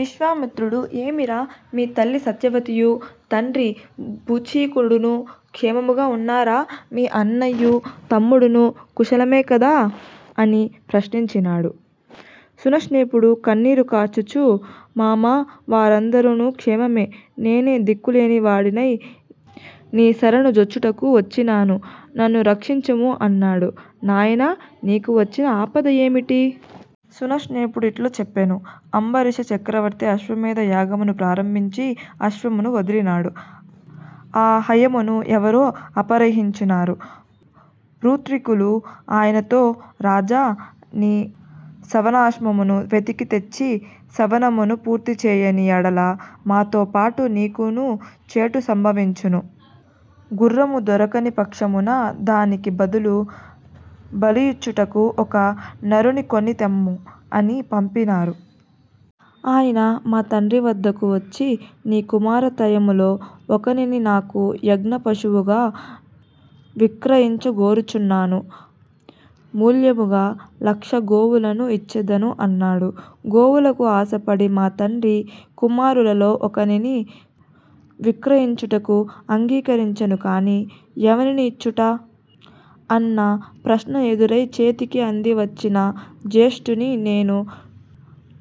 విశ్వామిత్రుడు ఏమిరా, మీ తల్లి సత్యవతియూ తండ్రి బుచీకుడునూ క్షేమముగా ఉన్నారా? మీ అన్నయూ తమ్ముడునూ కుశలమే కదా? అని ప్రశ్నించినాడు. శునశ్నేఫుడు కన్నీరు కార్చుచూ, మామా, వారందరునూ క్షేమమే. నేనే దిక్కులేనివాడనై నీ శరణు జొచ్చుటకు వచ్చినాను. నన్ను రక్షించుము అన్నాడు. 'నాయనా నీకు వచ్చిన ఆపద యేమిటి? శునశ్శేఫుడిట్లు చెప్పెను, అంబరీష చక్రవర్తి ఆశ్వమేధ యాగమును ప్రారంభించి అశ్వమును వదలినాడు. ఆ హయమును ఎవరో అపహరించినారు. ఋత్విక్కులు ఆయనతో 'రాజా నీ సవనాశ్వమును వెతకితెచ్చి సవనమును పూర్తిచేయని యెడల మాతోపాటు నీకునూ చేటు సంభవించును. గుఱ్ఱము దొరకని పక్షమున దానికి బదులు బలియిచ్చుటకు ఒక నరుని కొనితెమ్ము' అని పంపినారు. ఆయన మా తండ్రి వద్దకు వచ్చి 'నీ కుమారత్రయములో ఒకనిని నాకు యజ్ఞ పశువుగా విక్రయించ గోరుచున్నాను. మూల్యముగా లక్ష గోవులను ఇచ్చెదను' అన్నాడు. గోవులకు ఆశపడి మా తండ్రి కుమారులలో ఒకనిని విక్రయించుటకు అంగీకరించెను కాని 'ఎవనిని ఇచ్చుట? అన్న ప్రశ్న ఎదురై చేతికి అందివచ్చిన జ్యేష్ఠుని నేను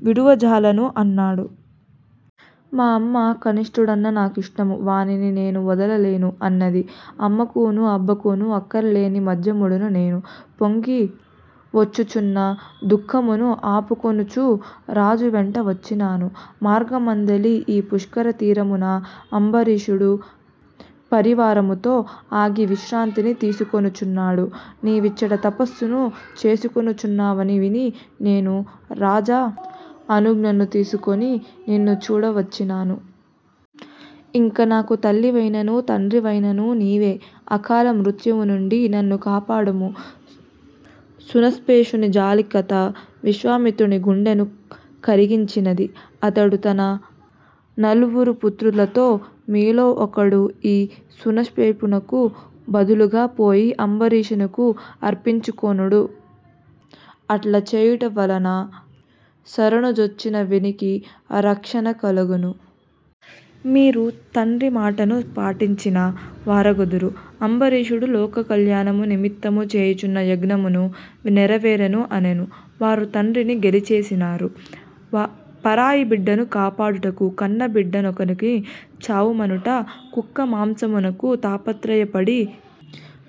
విడువజాలను' అన్నాడు. మా అమ్మ 'కనిష్ఠుడన్న నాకిష్టము. వానిని నేను వదలలేను' అన్నది అమ్మకునూ అబ్బకునూ అక్కరలేని మధ్యముడను నేను పొంగివచ్చుచున్న దుఃఖమును ఆపుకొనుచూ రాజు వెంట వచ్చినాను. మార్గమందలి ఈ పుష్కర తీరమున అంబరీషుడు పరివారముతో ఆగి విశ్రాంతిని తీసికొనుచున్నాడు. నీవిచ్చట తపస్సును చేసికొనుచున్నావని విని నేను రాజు అనుజ్ఞను తీసికొని నిన్ను చూడవచ్చినాను. ఇంక నాకు తల్లివైననూ తండ్రివైననూ నీవే. అకాల మృత్యువు నుండి నన్ను కాపాడుము. శునశ్శేఫుని జాలి కథ విశ్వామిత్రుని గుండెను కరిగించినది. అతడు తన నల్వురు పుత్రులతో మీలో ఒకడు ఈ శునశ్శేఫునకు బదులుగా పోయి అంబరీషునకు అర్పించుకొనుడు. అట్ల చేయుట వలన శరణుజొచ్చిన వీనికి రక్షణ కలుగును. మీరు తండ్రి మాటను పాటించిన వారగుదురు. అంబరీషుడు లోకకల్యాణము నిమిత్తము చేయుచున్న యజ్ఞమునూ నెరవేరును అనెను. వారు తండ్రిని గేలిచేసినారు 'పరాయి బిడ్డను కాపాడుటకు కన్నబిడ్డ నొకనికి చావుమనుట కుక్క మాంసమునకు తాపత్రయపడి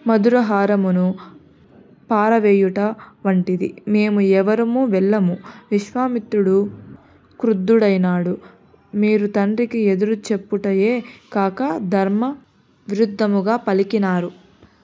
మధురాహారమును పారవేయుట వంటిది! మేము ఎవరమూ వెళ్ళము! విశ్వామిత్రుడు క్రుద్ధుడైనాడు. మీరు తండ్రికి ఎదురు చెప్పుటయే కాక ధర్మ విరుద్ధముగా పలికినారు!